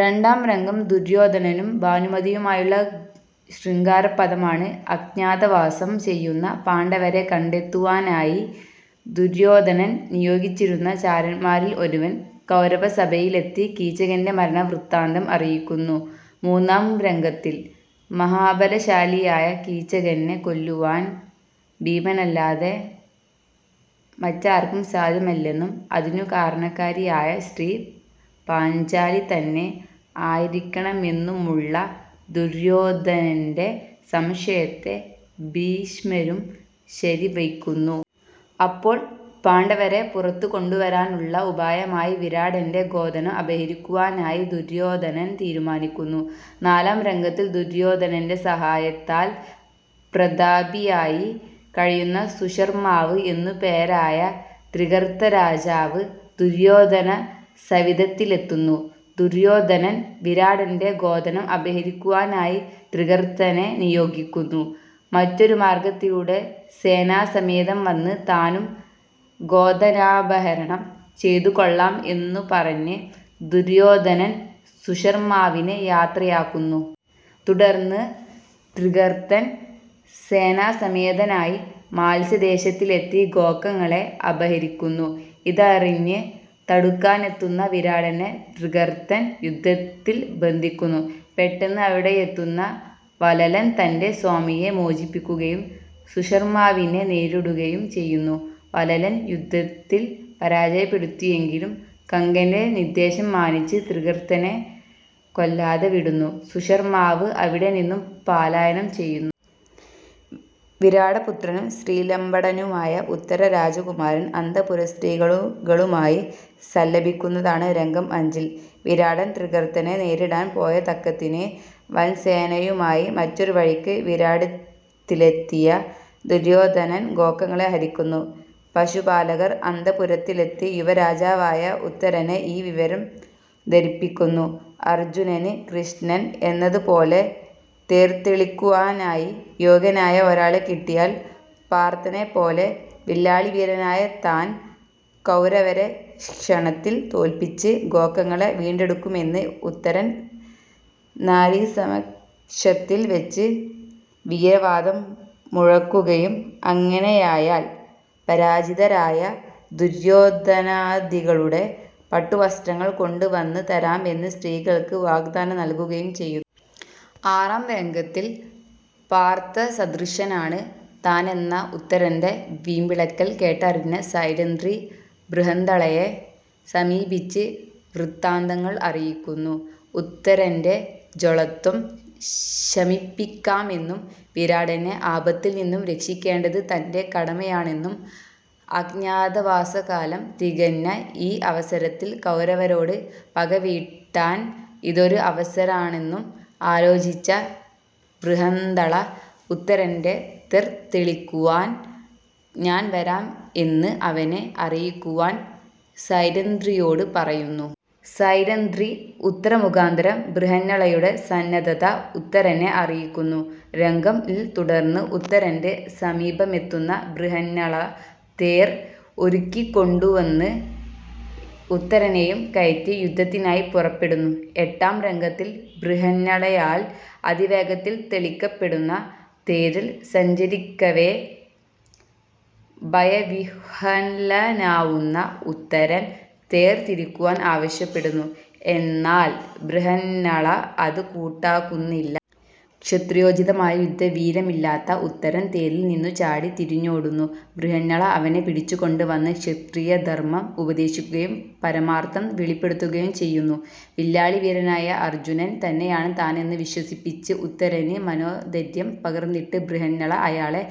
രണ്ടാം രംഗം ദുര്യോധനനും ഭാനുമതിയുമായുള്ള ശൃഗാരപ്പദമാണ്. അജ്ഞാതവാസം ചെയ്യുന്ന പാണ്ഡവരെ കണ്ടെത്തുവാനായി ദുര്യോധനൻ നിയോഗിച്ചിരുന്ന ചാരന്മാരിൽ ഒരുവൻ കൌരവസഭയിലെത്തി കീചകന്റെ മരണവൃത്താന്തം അറിയിക്കുന്നു മൂന്നാം രംഗത്തിൽ. മഹാബലശാലിയായ കീചകനെ കൊല്ലുവാൻ ഭീമനല്ലാതെ മറ്റാർക്കും സാദ്ധ്യമല്ലെന്നും അതിനുകാരണക്കാരിയായ സ്ത്രീ പാഞ്ചാലിതന്നെ ആയിരിക്കണമെന്നുമുള്ള ദുര്യോധനന്റെ സംശയത്തെ ഭീഷ്മരും ശരിവയ്ക്കുന്നു. അപ്പോൾ പാണ്ഡവരെ പുറത്തുകൊണ്ടുവരുവാനുള്ള ഉപായമായി വിരാടന്റെ ഗോധനം അപഹരിക്കുവാനായി ദുര്യോധനൻ തീരുമാനിക്കുന്നു. നാലാം രംഗത്തിൽ ദുര്യോധനന്റെ സഹായത്താൽ പ്രതാപിയായി കഴിയുന്ന സുശർമ്മാവ് എന്നുപേരായ ത്രിഗർത്തരാജാവ് ദുര്യോധന സവിധത്തിലെത്തുന്നു. ദുര്യോധനൻ വിരാടന്റെ ഗോധനം അപഹരിക്കുവാനായി ത്രിഗർത്തനെ നിയോഗിക്കുന്നു. മറ്റൊരുമാർഗ്ഗത്തിലൂടെ സേനാസമേതം വന്ന് താനും ഗോധനാപഹരണം ചെയ്തുകൊള്ളാം എന്നുപറഞ്ഞ് ദുര്യോധനൻ സുശർമ്മാവിനെ യാത്രയാക്കുന്നു. തുടർന്ന് ത്രിഗർത്തൻ സേനാസമേതനായി മാത്സ്യദേശത്തിലെത്തി ഗോക്കളെ അപഹരിക്കുന്നു. ഇതറിഞ്ഞ് തടുക്കാനെത്തുന്ന വിരാടനെ ത്രിഗർത്തൻ യുദ്ധത്തിൽ ബന്ധിക്കുന്നു. പെട്ടെന്ന് അവിടെയെത്തുന്ന വലലൻ തന്റെ സ്വാമിയെ മോചിപ്പിക്കുകയും സുശർമ്മാവിനെ നേരിടുകയും ചെയ്യുന്നു. വലലൻ യുദ്ധത്തിൽ പരാജയപ്പെടുത്തിയെങ്കിലും കങ്കന്റെ നിദ്ദേശം മാനിച്ച് ത്രിഗർത്തനെ കൊല്ലാതെ വിടുന്നു. സുശർമ്മാവ് അവിടെനിന്നും പാലായനം ചെയ്യുന്നു. വിരാടപുത്രനും സ്ത്രീലമ്പടനുമായ ഉത്തരരാജകുമാരൻ അന്ത:പുരസ്ത്രീകളുകളുമായി സല്ലപിക്കുന്നതാണ് രംഗം അഞ്ചിൽ. വിരാടൻ ത്രിഗർത്തനെ നേരിടാൻ പോയതക്കത്തിന് വൻസേനയുമായി മറ്റൊരുവഴിയ്ക്ക് വിരാടത്തിലെത്തിയ ദുര്യോധനൻ ഗോക്കളെ ഹരിക്കുന്നു. പശുപാലകർ അന്ത:പുരത്തിലെത്തി യുവരാജാവായ ഉത്തരനെ ഈ വിവരം ധരിപ്പിക്കുന്നു. അർജ്ജുനന് കൃഷ്ണൻ എന്നതുപോലെ തേർതെളിക്കുവാനായി യോഗ്യനായ ഒരാളെ കിട്ടിയാൽ പാർത്ഥനെപ്പോലെ വില്ലാളിവീരനായ താൻ കൌരവരെ ക്ഷണത്തിൽ തൊൽപ്പിച്ച് ഗോക്കളെ വിണ്ടെടുക്കുമെന്ന് ഉത്തരൻ നാരീസമക്ഷത്തിൽ വെച്ച് വീരവാദം മുഴക്കുകയും, അങ്ങനെയായാൽ പരാജിതരായ ദുര്യോധനാദികളുടെ പട്ടുവസ്ത്രങ്ങൾ കൊണ്ടുവന്ന് തരാമെന്ന് സ്ത്രീകൾക്ക് വാഗ്ദാനം നൽകുകയും ചെയ്യുന്നു. ആറാം രംഗത്തിൽ പാർത്ഥസദൃശനാണ് താനെന്ന ഉത്തരന്റെ വീമ്പിളക്കൽ കേട്ടറിഞ്ഞ സൈരന്ധ്രി ബൃഹന്ദളയെ സമീപിച്ച് വൃത്താന്തങ്ങൾ അറിയിക്കുന്നു. ഉത്തരന്റെ ജളത്വം ശമിപ്പിക്കാമെന്നും, വിരാടനെ ആപത്തിൽനിന്നും രക്ഷിക്കേണ്ടത് തന്റെ കടമയാണന്നും, അജ്ഞാതവാസകാലം തികഞ്ഞ ഈ അവസരത്തിൽ കൌരവരോട് പകവീട്ടാൻ ഇതൊരു അവസരാണന്നും ആലോചിച്ച ബൃഹന്ദള; 'ഉത്തരന്റെ തെർ തെളിക്കുവാൻ ഞാൻ വരാം' എന്ന് അവനെ അറിയിക്കുവാൻ സൈരന്ധ്രിയോട് പറയുന്നു. സൈരന്ധ്രി ഉത്തരമുഖാന്തരം ബൃഹന്നളയുടെ സന്നദ്ധത ഉത്തരനെ അറിയിക്കുന്നു രംഗം ൽ. തുടർന്ന് ഉത്തരന്റെ സമീപമെത്തുന്ന ബൃഹന്നള തേർ ഒരുക്കിക്കൊണ്ടുവന്ന് ഉത്തരനെയും കയറ്റി യുദ്ധത്തിനായി പുറപ്പെടുന്നു. എട്ടാം രംഗത്തിൽ ബൃഹന്നളയാൽ അതിവേഗത്തിൽ തെളിക്കപ്പെടുന്ന തേരിൽ സഞ്ചരിക്കവെ ഭയവിഹ്വലനാവുന്ന ഉത്തരൻ തേർ തിരിക്കുവാൻ ആവശ്യപ്പെടുന്നു. എന്നാൽ ബൃഹന്നള അത് കൂട്ടാക്കുന്നില്ല. ക്ഷത്രിയോചിതമായ യുദ്ധവീര്യമില്ലാത്ത ഉത്തരൻ തേരിൽ നിന്നു ചാടി തിരിഞ്ഞോടുന്നു. ബൃഹന്നള അവനെ പിടിച്ചുകൊണ്ടുവന്ന് ക്ഷത്രിയധർമ്മം ഉപദേശിക്കുകയും പരമാർത്ഥം വെളിപെടുത്തുകയും ചെയ്യുന്നു. വില്ലാളിവീരനായ അർജ്ജുനൻ തന്നെയാണ് താനെന്ന് വിശ്വസിപ്പിച്ച് ഉത്തരന് മനോധര്യം പകർന്നിട്ട് ബൃഹന്നള അയാളെ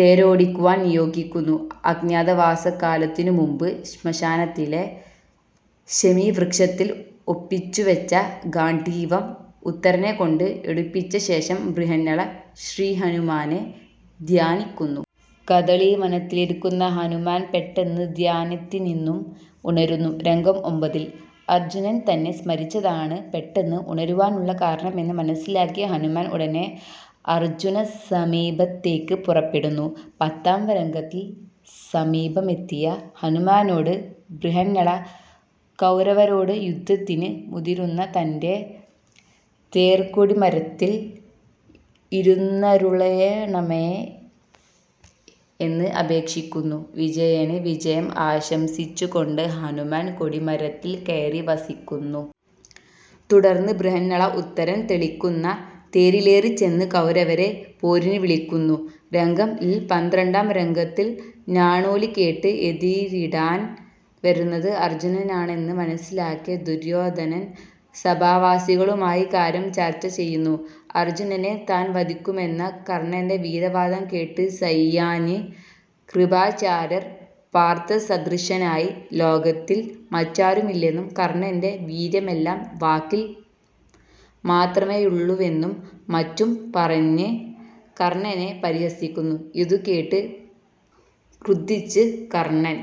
തേരോടിക്കുവാൻ നിയോഗിക്കുന്നു. അജ്ഞാതവാസകാലത്തിനുമുൻപ് ശ്മശാനത്തിലെ ശമീവൃക്ഷത്തിൽ ഒപ്പിച്ചുവെച്ച ഗാണ്ഡീവം ഉത്തരനെകൊണ്ട് എടുപ്പിച്ച ശേഷം ബൃഹന്നള ശ്രീഹനുമാനെ ധ്യാനിക്കുന്നു. കദളീവനത്തിലിരിക്കുന്ന ഹനുമാൻ പെട്ടെന്ന് ധ്യാനത്തിനിന്നും ഉണരുന്നു രംഗം ഒൻപതിൽ. അർജ്ജുനൻ തന്നെ സ്മരിച്ചതാണ് പെട്ടെന്ന് ഉണരുവാനുള്ള കാരണമെന്ന് മനസ്സിലാക്കിയ ഹനുമാൻ ഉടനെ അർജ്ജുനസമീപത്തേയ്ക്ക് പുറപ്പെടുന്നു. പത്താം രംഗത്തിൽ സമീപമെത്തിയ ഹനുമാനോട് ബൃഹന്നള കൌരവരോട് യുദ്ധത്തിന് മുതിരുന്ന തന്റെ തേർകൊടിമരത്തിൽ ഇരുന്നരുളേണമേ എന്ന് അപേക്ഷിക്കുന്നു. വിജയന് വിജയം ആശംസിച്ചുകൊണ്ട് ഹനുമാൻ കൊടിമരത്തിൽ കയറി വസിക്കുന്നു. തുടർന്ന് ബൃഹന്നള ഉത്തരൻ തെളിക്കുന്ന തേരിലേറിചെന്ന് കൌരവരെ പോരിനുവിളിക്കുന്നു രംഗം ൽ. പന്ത്രണ്ടാം രംഗത്തിൽ ഞാണോലികേട്ട് എതിരിടാൻ വരുന്നത് അർജ്ജുനനാണന്ന് മനസ്സിലാക്കിയ ദുര്യോധനൻ സഭാവാസികളുമായി കാര്യം ചർച്ച ചെയ്യുന്നു. അർജ്ജുനനെ താൻ വധിക്കുമെന്ന കർണ്ണന്റെ വീരവാദം കേട്ട് സഹിയാഞ്ഞ് കൃപാചാര്യർ പാർത്ഥസദൃശനായി ലോകത്തിൽ മറ്റാരുമില്ലെന്നും കർണ്ണന്റെ വീര്യമെല്ലാം വാക്കിൽ മാത്രമെയുള്ളുവെന്നും മറ്റും പറഞ്ഞ് കർണ്ണനെ പരിഹസിക്കുന്നു. ഇതുകേട്ട് ക്രുദ്ധിച്ച് കർണ്ണൻ